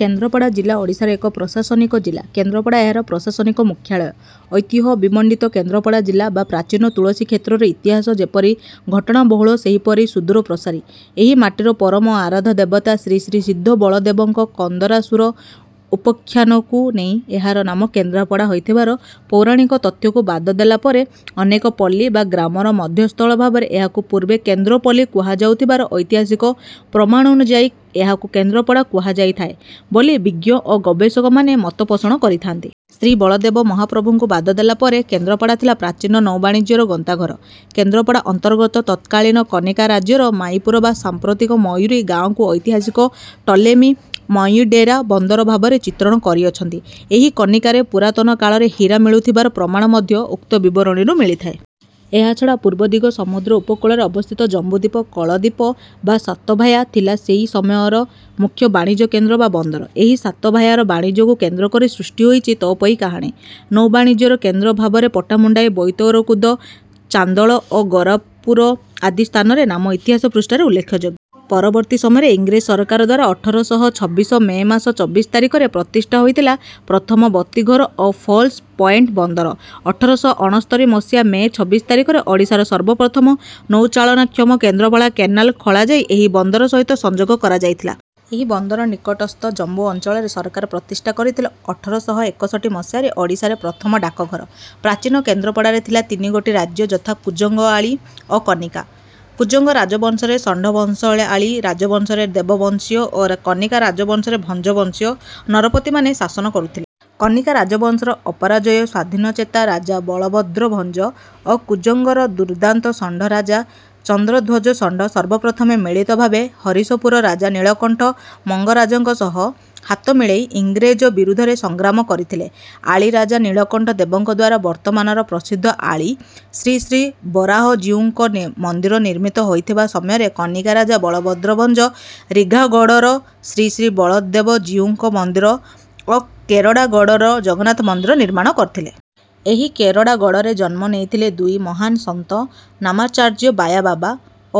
କେନ୍ଦ୍ରାପଡ଼ା ଜିଲ୍ଲା ଓଡ଼ିଶାର ଏକ ପ୍ରଶାସନିକ ଜିଲ୍ଲା। କେନ୍ଦ୍ରାପଡ଼ା ଏହାର ପ୍ରଶାସନିକ ମୁଖ୍ୟାଳୟ। ଐତିହ୍ୟ ବିମଣ୍ଡିତ କେନ୍ଦ୍ରାପଡ଼ା ଜିଲ୍ଲା ବା ପ୍ରାଚୀନ ତୁଳସୀକ୍ଷେତ୍ରର ଇତିହାସ ଯେପରି ଘଟଣାବହୁଳ ସେହିପରି ସୁଦୂରପ୍ରସାରୀ। ଏହି ମାଟିର ପରମ ଆରାଧ୍ୟ ଦେବତା ଶ୍ରୀ ଶ୍ରୀ ସିଦ୍ଧ ବଳଦେବଙ୍କ କନ୍ଦରାସୁର ଉପାଖ୍ୟାନଙ୍କୁ ନେଇ ଏହାର ନାମ କେନ୍ଦ୍ରାପଡ଼ା ହୋଇଥିବାର ପୌରାଣିକ ତଥ୍ୟକୁ ବାଦ ଦେଲାପରେ ଅନେକ ପଲ୍ଲୀ ବା ଗ୍ରାମର ମଧ୍ୟସ୍ଥଳ ଭାବରେ ଏହାକୁ ପୂର୍ବେ କେନ୍ଦ୍ରପଲ୍ଲୀ କୁହାଯାଉଥିବାର ଐତିହାସିକ ପ୍ରମାଣନୁଯାୟୀ ଏହାକୁ କେନ୍ଦ୍ରାପଡ଼ା କୁହାଯାଇଥାଏ ବୋଲି ବିଜ୍ଞ ଓ ଗବେଷକ ମାନେ ମତ ପୋଷଣ କରିଥାଆନ୍ତି। ଶ୍ରୀ ବଳଦେବ ମହାପ୍ରଭୁଙ୍କୁ ବାଦ ଦେଲାପରେ କେନ୍ଦ୍ରାପଡ଼ା ଥିଲା ପ୍ରାଚୀନ ନୌବାଣିଜ୍ୟର ଗନ୍ତାଘର। କେନ୍ଦ୍ରାପଡ଼ା ଅନ୍ତର୍ଗତ ତତ୍କାଳୀନ କନିକା ରାଜ୍ୟର ମାଈପୁର ବା ସାଂପ୍ରତିକ ମୟୁରୀ ଗାଁକୁ ଐତିହାସିକ ଟଲେମୀ ମୟୀଡ଼େରା ବନ୍ଦର ଭାବରେ ଚିତ୍ରଣ କରି ଅଛନ୍ତି। ଏହି କନିକାରେ ପୁରାତନକାଳରେ ହୀରା ମିଳୁଥିବାର ପ୍ରମାଣ ମଧ୍ୟ ଉକ୍ତ ବିବରଣୀରୁ ମିଳିଥାଏ। ଏହାଛଡା ପୂର୍ବଦିଗ ସମୁଦ୍ର ଉପକୂଳରେ ଅବସ୍ଥିତ ଜମ୍ବୁ ଦୀପ କଳଦୀପ ବା ସାତଭାୟା ଥିଲା ସେ ସମୟର ମୁଖ୍ୟ ବାଣିଜ୍ୟକେନ୍ଦ୍ର ବା ବନ୍ଦର। ଏହି ସାତଭାୟାର ବାଣିଜ୍ୟକୁ କେନ୍ଦ୍ର କରି ସୃଷ୍ଟି ହୋଇଛି ତଅପୋଇ କାହାଣୀ। ନୌବାଣିଜ୍ୟର କେନ୍ଦ୍ର ଭାବରେ ପଟ୍ଟାମୁଣ୍ଡାଇ ବୋଇତରକୁଦ ଚାନ୍ଦୋଳ ଓ ଗରାପୁର ଆଦି ସ୍ଥାନର ନାମ ଇତିହାସ ପୃଷ୍ଠାରେ ଉଲ୍ଲେଖଯୋଗ୍ୟ। ପରବର୍ତୀ ସମୟରେ ଇଂରେଜ ସରକାରଦ୍ୱାରା ଅଠର ଶହ ଛବିଶ ମେ ମାସ ଚବିଶ ତାରିଖରେ ପ୍ରତିଷ୍ଠା ହୋଇଥିଲା ପ୍ରଥମ ବତୀଘର ଓ ଫଲ୍ସ ପଏଣ୍ଟ ବନ୍ଦର। ଅଠର ଶହ ଅଣସ୍ତରି ମସିହା ମେ ଛବିଶ ତାରିଖରେ ଓଡ଼ିଶାର ସର୍ବପ୍ରଥମ ନୌଚାଳନାକ୍ଷମ କେନ୍ଦ୍ରାପଡ଼ା କେନାଲ ଖୋଲାଯାଇ ଏହି ବନ୍ଦର ସହିତ ସଂଯୋଗ କରଯାଇଥିଲା। ଏହି ବନ୍ଦର ନିକଟସ୍ଥ ଜମ୍ବୁ ଅଞ୍ଚଳରେ ସରକାର ପ୍ରତିଷ୍ଠା କରିଥିଲେ ଅଠର ଶହ ଏକଷଠି ମସିହାରେ ଓଡ଼ିଶାରେ ପ୍ରଥମ ଡାକଘର। ପ୍ରାଚୀନ କେନ୍ଦ୍ରପଡ଼ାରେ ଥିଲା ତିନିଗୋଟି ରାଜ୍ୟ ଯଥା କୁଜଙ୍ଗ ଆଳି ଓ କନିକା। କୁଜଙ୍ଗ ରାଜବଂଶରେ ଷଣ୍ଢବଂଶୀୟଆଳି ରାଜବଂଶରେ ଦେବବଂଶୀୟ ଓ କନିକା ରାଜବଂଶରେ ଭଞ୍ଜ ବଂଶୀୟ ନରପତିମାନେ ଶାସନ କରୁଥିଲେ। କନିକା ରାଜବଂଶର ଅପରାଜୟ ସ୍ୱାଧୀନଚେତା ରାଜା ବଳଭଦ୍ରଭଞ୍ଜ ଓ କୁଜଙ୍ଗର ଦୁର୍ଦାନ୍ତ ଷଣ୍ଢ ରାଜା ଚନ୍ଦ୍ରଧ୍ୱଜଷଣ୍ଢ ସର୍ବପ୍ରଥମେ ମିଳିତ ଭାବେ ହରିଶପୁର ରାଜା ନୀଳକଣ୍ଠ ମଙ୍ଗରାଜଙ୍କ ସହ ହାତ ମିଳେଇ ଇଂରେଜ ବିରୁଦ୍ଧରେ ସଂଗ୍ରାମ କରିଥିଲେ। ଆଳି ରାଜା ନୀଳକଣ୍ଠ ଦେବଙ୍କଦ୍ୱାରା ବର୍ତମାନର ପ୍ରସିଦ୍ଧ ଆଳି ଶ୍ରୀ ଶ୍ରୀ ବରାହଜିଉଙ୍କ ମନ୍ଦିର ନିର୍ମିତ ହୋଇଥିବା ସମୟରେ କନିକା ରାଜା ବଳଭଦ୍ରଭଞ୍ଜ ରିଘାଗଡର ଶ୍ରୀ ଶ୍ରୀ ବଳଦେବଜୀଉଙ୍କ ମନ୍ଦିର ଓ କେରଡାଗଡର ଜଗନ୍ନାଥ ମନ୍ଦିର ନିର୍ମାଣ କରିଥିଲେ। ଏହି କେରଡାଗଡରେ ଜନ୍ମ ନେଇଥିଲେ ଦୁଇ ମହାନ ସନ୍ଥ ନାମାଚାର୍ଯା ବାୟାବାବା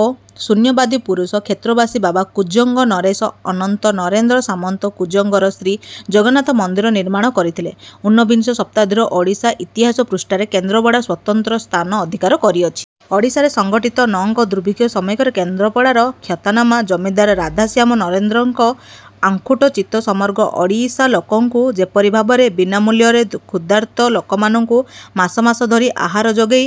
ଓ ଶୂନ୍ୟବାଦୀ ପୁରୁଷ କ୍ଷେତ୍ରବାସୀ ବାବା କୁଜଙ୍ଗ ନରେଶ ଅନନ୍ତ ନରେନ୍ଦ୍ର ସାମନ୍ତ କୁଜଙ୍ଗର ଶ୍ରୀ ଜଗନ୍ନାଥ ମନ୍ଦିର ନିର୍ମାଣ କରିଥିଲେ। ଉନ୍ନବିଂଶ ଶତାବ୍ଦୀର ଓଡ଼ିଶା ଇତିହାସ ପୃଷ୍ଠାରେ କେନ୍ଦ୍ରାପଡ଼ା ସ୍ୱତନ୍ତ୍ର ସ୍ଥାନ ଅଧିକାର କରିଅଛି। ଓଡ଼ିଶାରେ ସଂଗଠିତ ନଅଙ୍କ ଦୁର୍ଭିକ୍ଷ ସମୟରେ କେନ୍ଦ୍ରାପଡ଼ାର ଖ୍ୟାତନାମା ଜମିଦାର ରାଧାଶ୍ୟାମ ନରେନ୍ଦ୍ରଙ୍କ ଅକୁଣ୍ଠ ଚିତ୍ତ ସମଗ୍ର ଓଡ଼ିଶା ଲୋକଙ୍କୁ ଯେପରି ଭାବରେ ବୀନା ମୂଲ୍ୟରେ କ୍ଷ୍ଯୁଦାର୍ତ ଲୋକମାନଙ୍କୁ ମାସ ମାସ ଧରି ଆହାର ଯୋଗେଇ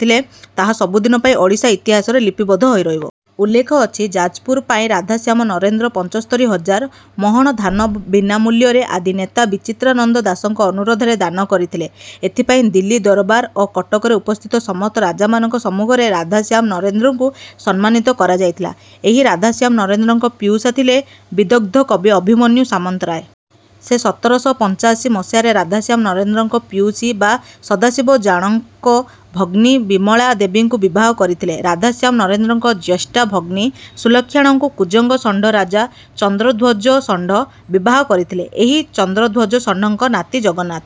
ଥିଲେ ତାହା ସବୁଦିନ ପାଇଁ ଓଡ଼ିଶା ଇତିହାସରେ ଲିପିବଦ୍ଧ ହୋଇ ରହିବ। ଉଲ୍ଲେଖ ଅଛି ଯାଜପୁର ପାଇଁ ରାଧାଶ୍ୟାମ ନରେନ୍ଦ୍ର ପଞ୍ଚସ୍ତରୀ ହଜାର ମହଣ ଧାନ ବୀନା ମୂଲ୍ୟରେ ଆଦି ନେତା ବିଚିତ୍ରାନନ୍ଦ ଦାସଙ୍କ ଅନୁରୋଧରେ ଦାନ କରିଥିଲେ। ଏଥିପାଇଁ ଦିଲ୍ଲୀ ଦରବାର ଓ କଟକରେ ଉପସ୍ଥିତ ସମସ୍ତ ରାଜାମାନଙ୍କ ସମ୍ମୁଖରେ ରାଧାଶ୍ୟାମ ନରେନ୍ଦ୍ରଙ୍କୁ ସମ୍ମାନିତ କରଯାଇଥିଲା। ଏହି ରାଧାଶ୍ୟାମ ନରେନ୍ଦ୍ରଙ୍କ ପିଉସା ଥିଲେ ବିଦଗ୍ଧ କବି ଅଭିମନ୍ୟୁ ସାମନ୍ତରାୟ। ସେ ସତର ଶହ ପଞ୍ଚାଶି ମସିହାରେ ରାଧାଶ୍ୟାମ ନରେନ୍ଦ୍ରଙ୍କ ପିଉସୀ ବା ସଦାଶିବ ଜାଣ ଙ୍କ ଭଗ୍ନୀ ବିମଳା ଦେବୀଙ୍କୁ ବିବାହ କରିଥିଲେ। ରାଧାଶ୍ୟାମ ନରେନ୍ଦ୍ରଙ୍କ ଜ୍ୟଷ୍ଠା ଭଗ୍ନୀ ସୁଲକ୍ଷଣାଙ୍କୁ କୁଜଙ୍ଗ ଷଣ୍ଢ ରାଜା ଚନ୍ଦ୍ରଧ୍ୱଜ ଷଣ୍ଢ ବିବାହ କରିଥିଲେ। ଏହି ଚନ୍ଦ୍ରଧ୍ୱଜ ଷଣ୍ଢଙ୍କର ନାତି ଜଗନ୍ନାଥ।